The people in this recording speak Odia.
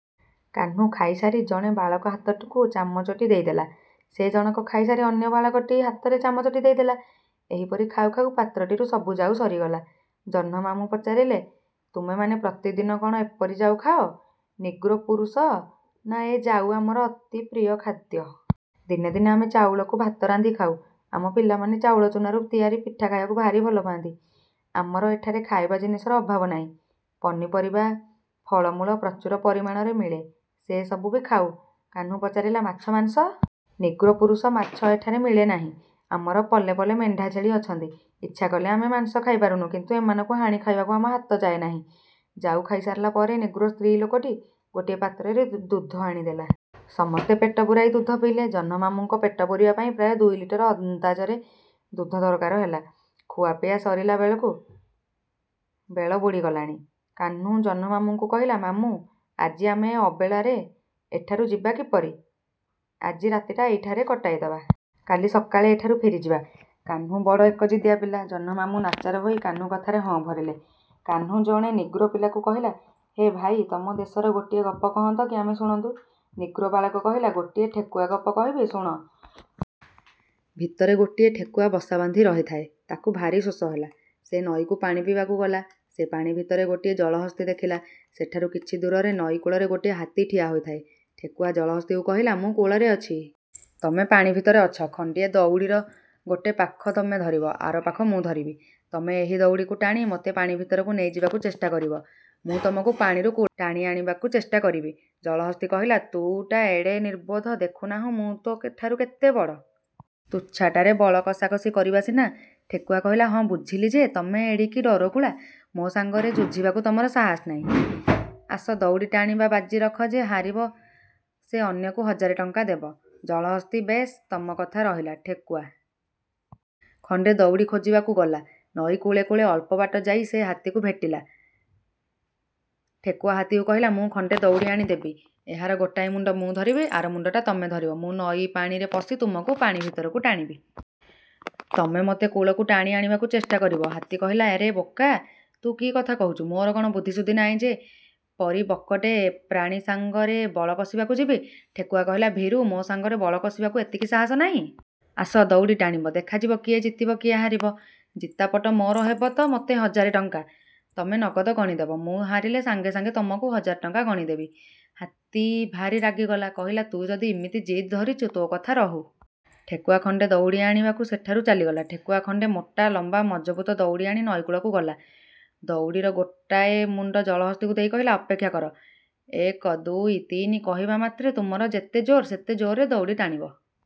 କାହ୍ନୁ ଖାଇସାରି ଜଣେ ବାଳକ ହାତଟିକୁ ଚାମଚଟି ଦେଇଦେଲା। ସେ ଜଣକ ଖାଇସାରି ଅନ୍ୟ ବାଳକଟି ହାତରେ ଚାମଚଟି ଦେଇଦେଲା। ଏହିପରି ଖାଉ ଖାଉ ପାତ୍ରଟିରୁ ସବୁ ଜାଉ ସରିଗଲା। ଜହ୍ନମାମୁଁ ପଚାରିଲେ, ତୁମେମାନେ ପ୍ରତିଦିନ କ'ଣ ଏପରି ଜାଉ ଖାଅ? ନିଗ୍ରୋ ପୁରୁଷ ନା ଏ ଜାଉ ଆମର ଅତି ପ୍ରିୟ ଖାଦ୍ୟ। ଦିନେ ଦିନେ ଆମେ ଚାଉଳକୁ ଭାତ ରାନ୍ଧି ଖାଉ। ଆମ ପିଲାମାନେ ଚାଉଳଚୂନାରୁ ତିଆରି ପିଠା ଖାଇବାକୁ ଭାରି ଭଲ ପାଆନ୍ତି। ଆମର ଏଠାରେ ଖାଇବା ଜିନିଷର ଅଭାବ ନାହିଁ। ପନିପରିବା, ଫଳମୂଳ ପ୍ରଚୁର ପରିମାଣରେ ମିଳେ। ସେ ସବୁ ବି ଖାଉ। କାହ୍ନୁ ପଚାରିଲା ମାଛ, ମାଂସ? ନିଗ୍ରୋ ପୁରୁଷ ମାଛ ଏଠାରେ ମିଳେ ନାହିଁ। ଆମର ପଲେ ପଲେ ମେଣ୍ଢା ଛେଳି ଅଛନ୍ତି। ଇଚ୍ଛା କଲେ ଆମେ ମାଂସ ଖାଇ ପାରନ୍ତୁ। କିନ୍ତୁ ଏମାନଙ୍କୁ ହାଣି ଖାଇବାକୁ ଆମ ହାତ ଯାଏ ନାହିଁ। ଜାଉ ଖାଇ ସାରିଲା ପରେ ନିଗ୍ରୋ ସ୍ତ୍ରୀଲୋକଟି ଗୋଟିଏ ପାତ୍ରରେ ଦୁଧ ଆଣି ଦେଲା। ସମସ୍ତେ ପେଟ ପୂରାଇ ଦୁଧ ପିଇଲେ। ଜହ୍ନମାମୁଁଙ୍କ ପେଟ ପୂରିବା ପାଇଁ ପ୍ରାୟ ଦୁଇଲିଟର ଅନ୍ଦାଜରେ ଦୁଧ ଦରକାର ହେଲା। ଖୁଆପିଆ ସରିଲା ବେଳକୁ ବେଳ ବୁଡ଼ିଗଲାଣି। କାହ୍ନୁ ଜହ୍ନମାମୁଁଙ୍କୁ କହିଲା, ମାମୁଁ! ଆଜି ଆମେ ଏ ଅବେଳରେ ଏଠାରୁ ଯିବା କିପରି? ଆଜି ରାତିଟା ଏହିଠାରେ କଟାଇଦେବା। କାଲି ସକାଳେ ଏଠାରୁ ଫେରିଯିବା। କାହ୍ନୁ ବଡ଼ ଏକଜିଦିଆ ପିଲା। ଜହ୍ନମାମୁଁ ନାଚାର ହୋଇ କାହ୍ନୁ କଥାରେ ହଁ ଭରିଲେ। କାହ୍ନୁ ଜଣେ ନିଗ୍ରୋ ପିଲାକୁ କହିଲା, ହେ ଭାଇ ତମ ଦେଶର ଗୋଟିଏ ଗପ କହନ୍ତ କି, ଆମେ ଶୁଣନ୍ତୁ। ନିଗ୍ରୋ ବାଳକ କହିଲା, ଗୋଟିଏ ଠେକୁଆ ଗପ କହିବି, ଶୁଣ। ଭିତରେ ଗୋଟିଏ ଠେକୁଆ ବସା ବାନ୍ଧି ରହିଥାଏ। ତାକୁ ଭାରି ଶୋଷ ହେଲା। ସେ ନଈକୁ ପାଣି ପିଇବାକୁ ଗଲା। ସେ ପାଣି ଭିତରେ ଗୋଟିଏ ଜଳହସ୍ତୀ ଦେଖିଲା। ସେଠାରୁ କିଛି ଦୂରରେ ନଈ କୂଳରେ ଗୋଟିଏ ହାତୀ ଠିଆ ହୋଇଥାଏ। ଠେକୁଆ ଜଳହସ୍ତୀକୁ କହିଲା, ମୁଁ କୂଳରେ ଅଛି। ତମେ ପାଣି ଭିତରେ ଅଛ। ଖଣ୍ଡିଏ ଦଉଡ଼ିର ଗୋଟେ ପାଖ ତମେ ଧରିବ, ଆର ପାଖ ମୁଁ ଧରିବି। ତମେ ଏହି ଦଉଡ଼ିକୁ ଟାଣି ମୋତେ ପାଣି ଭିତରକୁ ନେଇଯିବାକୁ ଚେଷ୍ଟା କରିବ। ମୁଁ ତମକୁ ପାଣିରୁ କୂଳକୁ ଟାଣିଆଣିବାକୁ ଚେଷ୍ଟା କରିବି। ଜଳହସ୍ତୀ କହିଲା ତୁ ଟା ଏଡ଼େ ନିର୍ବୋଧ ଦେଖୁ ନାହୁଁ ମୁଁ ତୋ ଠାରୁ କେଡ଼େ ବଡ଼? ତୁଚ୍ଛାଟାରେ ବଳ କଷାକଷି କରିବା ସିନା! ଠେକୁଆ କହିଲା, ହଁ, ବୁଝିଲି ଯେ, ତମେ ଏଡ଼ିକି ଡରକୁଳା? ମୋ ସାଙ୍ଗରେ ଯୁଝିବାକୁ ତମର ସାହସ ନାହିଁ। ଆସ, ଦଉଡ଼ି ଟାଣିବା ବାଜି ରଖ ଯେ ହାରିବ ସେ ଅନ୍ୟକୁ ହଜାରେ ଟଙ୍କା ଦେବ। ଜଳହସ୍ତୀ, ବେଶ୍, ତମ କଥା ରହିଲା। ଠେକୁଆ ଖଣ୍ଡେ ଦଉଡ଼ି ଖୋଜିବାକୁ ଗଲା ନଈ କୂଳେ କୂଳେ ଅଳ୍ପ ବାଟ ଯାଇ ସେ ହାତୀକୁ ଭେଟିଲା। ଠେକୁଆ ହାତୀକୁ କହିଲା, ମୁଁ ଖଣ୍ଡେ ଦଉଡ଼ି ଆଣି ଦେବି। ଏହାର ଗୋଟାଏ ମୁଣ୍ଡ ମୁଁ ଧରିବି, ଆର ମୁଣ୍ଡଟା ତମେ ଧରିବ। ମୁଁ ନଈ ପାଣିରେ ପଶି ତମକୁ ପାଣି ଭିତରକୁ ଟାଣିବି। ତମେ ମୋତେ କୂଳକୁ ଟାଣି ଆଣିବାକୁ ଚେଷ୍ଟା କରିବ। ହାତୀ କହିଲା, ରେ ବୋକା! ତୁ କି କଥା କହୁଛୁ? ମୋର କ'ଣ ବୁଦ୍ଧି ସୁଦ୍ଧି ନାହିଁ ଯେ ପରି ବକଟେ ପ୍ରାଣୀ ସାଙ୍ଗରେ ବଳ କଷିବାକୁ ଯିବି? ଠେକୁଆ କହିଲା, ଭୀରୁ ମୋ ସାଙ୍ଗରେ ବଳ କଷିବାକୁ ଏତିକି ସାହସ ନାହିଁ? ଆସ, ଦଉଡ଼ି ଟାଣିବ। ଦେଖାଯିବ କିଏ ଜିତିବ କିଏ ହାରିବ। ଜିତାପଟ ମୋର ହେବ ତ ମୋତେ ହଜାରେ ଟଙ୍କା ତମେ ନଗଦ ଗଣିଦେବ। ମୁଁ ହାରିଲେ ସାଙ୍ଗେ ସାଙ୍ଗେ ତମକୁ ହଜାରେ ଟଙ୍କା ଗଣିଦେବି। ହାତୀ ଭାରି ରାଗିଗଲା। କହିଲା, ତୁ ଯଦି ଇମିତି ଜିଦ୍ ଧରିଛୁ, ତୋ କଥା ରହୁ। ଠେକୁଆ ଖଣ୍ଡେ ଦଉଡ଼ି ଆଣିବାକୁ ସେଠାରୁ ଚାଲିଗଲା। ଠେକୁଆ ଖଣ୍ଡେ ମୋଟା ଲମ୍ବା ମଜଭୁତ ଦଉଡ଼ି ଆଣି ନଈକୂଳକୁ ଗଲା। ଦଉଡ଼ିର ଗୋଟାଏ ମୁଣ୍ଡ ଜଳହସ୍ତୀକୁ ଦେଇ କହିଲା, ଅପେକ୍ଷା କର। ଏକ ଦୁଇ, ତିନି କହିବା ମାତ୍ରେ ତୁମର ଯେତେ ଜୋର, ସେତେ ଜୋରରେ ଦଉଡ଼ି ଟାଣିବ।